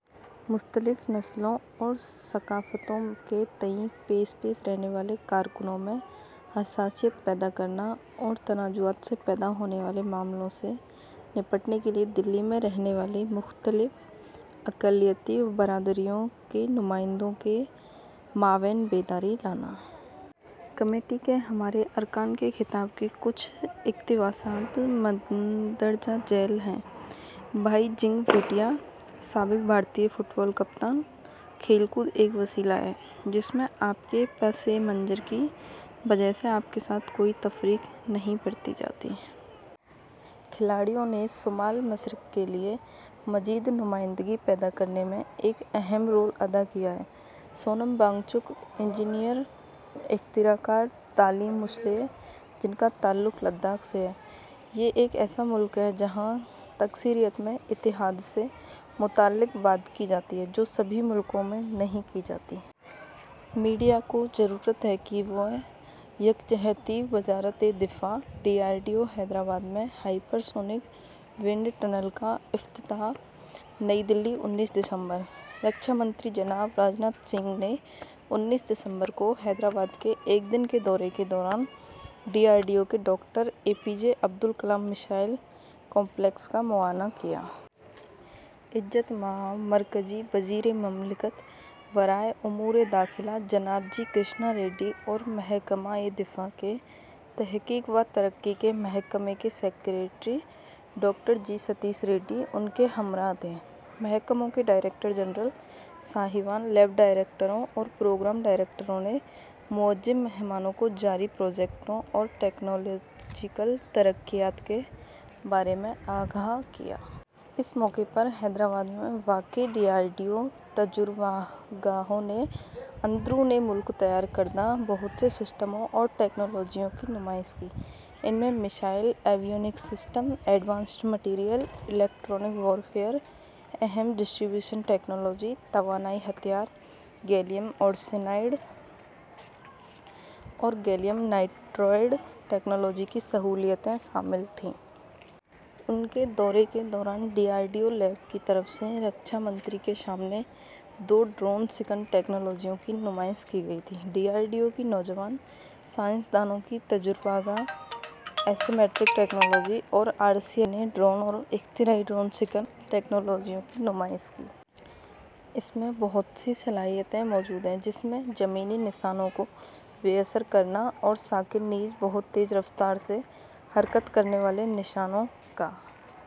مختلف نسلوں اور ثقافتوں کے تئیں پیش پیش رہنے والے کارکنوں میں حساسیت پیدا کرنا اور تنازعات سے پیدا ہونے والے معاملات سے نمٹنے کے لیے دہلی میں رہنے والی مختلف اقلیتی برادریوں کے نمائندوں کے مابین بیداری لانا۔ کمیٹی کے ہمارے ارکان کے خطاب کے کچھ اقتباسات مندرجہ ذیل ہیں۔ بائی چنگ بھوٹیا، سابق بھارتی فٹبال کپتان۔ کھیل کود ایک وسیلہ ہے جس میں آپ کے پس منظر کی وجہ سے آپ کے ساتھ کوئی تفریق نہیں برتی جاتی۔ کھلاڑیوں نے شمال مشرق کے لیے مزید نمائندگی پیدا کرنے میں ایک اہم رول ادا کیا ہے۔ سونم وانگ چک، انجینئر، اختراع کار، تعلیمی مصلح، جن کا تعلق لداخ سے ہے۔ یہ ایک ایسا ملک ہے جہاں تکثیریت میں اتحاد سے متعلق بات کی جاتی ہے جو سبھی ملکوں میں نہیں کی جاتی۔ میڈیا کو ضرورت ہے کہ وہ یکجہتی۔ وزارت دفاع۔ D R D O Hyderabad میں ہائپر سونک ونڈ ٹنل کا افتتاح۔ نئی دہلی، انیس دسمبر۔ رکشا منتری جناب راج ناتھ سنگھ نے انیس دسمبر کو حیدرآباد کے ایک دن کے دورے کے دوران ڈی آر ڈی او کے doctor A P J Abdul Kalam missile complex کا معائنہ کیا۔ عزت مآب مرکزی وزیر مملکت برائے امور داخلہ جناب جی کرشنا ریڈی اور محکمہ دفاع کے تحقیق و ترقی کے محکمے کے secretary doctor G Satheesh Reddy ان کے ہمراہ تھے۔ محکموں کے ڈائریکٹر جنرل صاحبان، لیب ڈائریکٹروں اور پروگرام ڈائریکٹروں نے معزز مہمانوں کو جاری پروجیکٹوں اور ٹیکنالوجیکل ترقیات کے بارے میں آگاہ کیا۔ اس موقع پر حیدرآباد میں واقع ڈی آر ڈی او تجربہ گاہوں نے اندرون ملک تیار کردہ بہت سے سسٹموں اور ٹیکنالوجیوں کی نمائش کی۔ ان میں missile, avionics system, advanced material, electronic warfare, اہم ڈسٹربیوشن ٹیکنالوجی، توانائی ہتھیار، گیلیم آرسینائیڈ اور گیلیم نائٹرائڈ ٹیکنالوجی کی سہولتیں شامل تھیں۔ ان کے دورے کے دوران D R D O lab کی طرف سے رکشا منتری کے سامنے دو ڈرون شکن ٹیکنالوجیوں کی نمائش کی گئی تھی۔ ڈی آر ڈی او کی نوجوان سائنسدانوں کی تجربہ گاہ، ایسمیٹرک ٹیکنالوجیز اور آر سی آئی نے ڈرون اور اختراعی ڈرون شکن ٹیکنالوجیوں کی نمائش کی۔ اس میں بہت سی صلاحیتیں موجود ہیں جس میں زمینی نشانوں کو بے اثر کرنا اور ساکت نیز بہت تیز رفتار سے حرکت کرنے والے نشانوں کا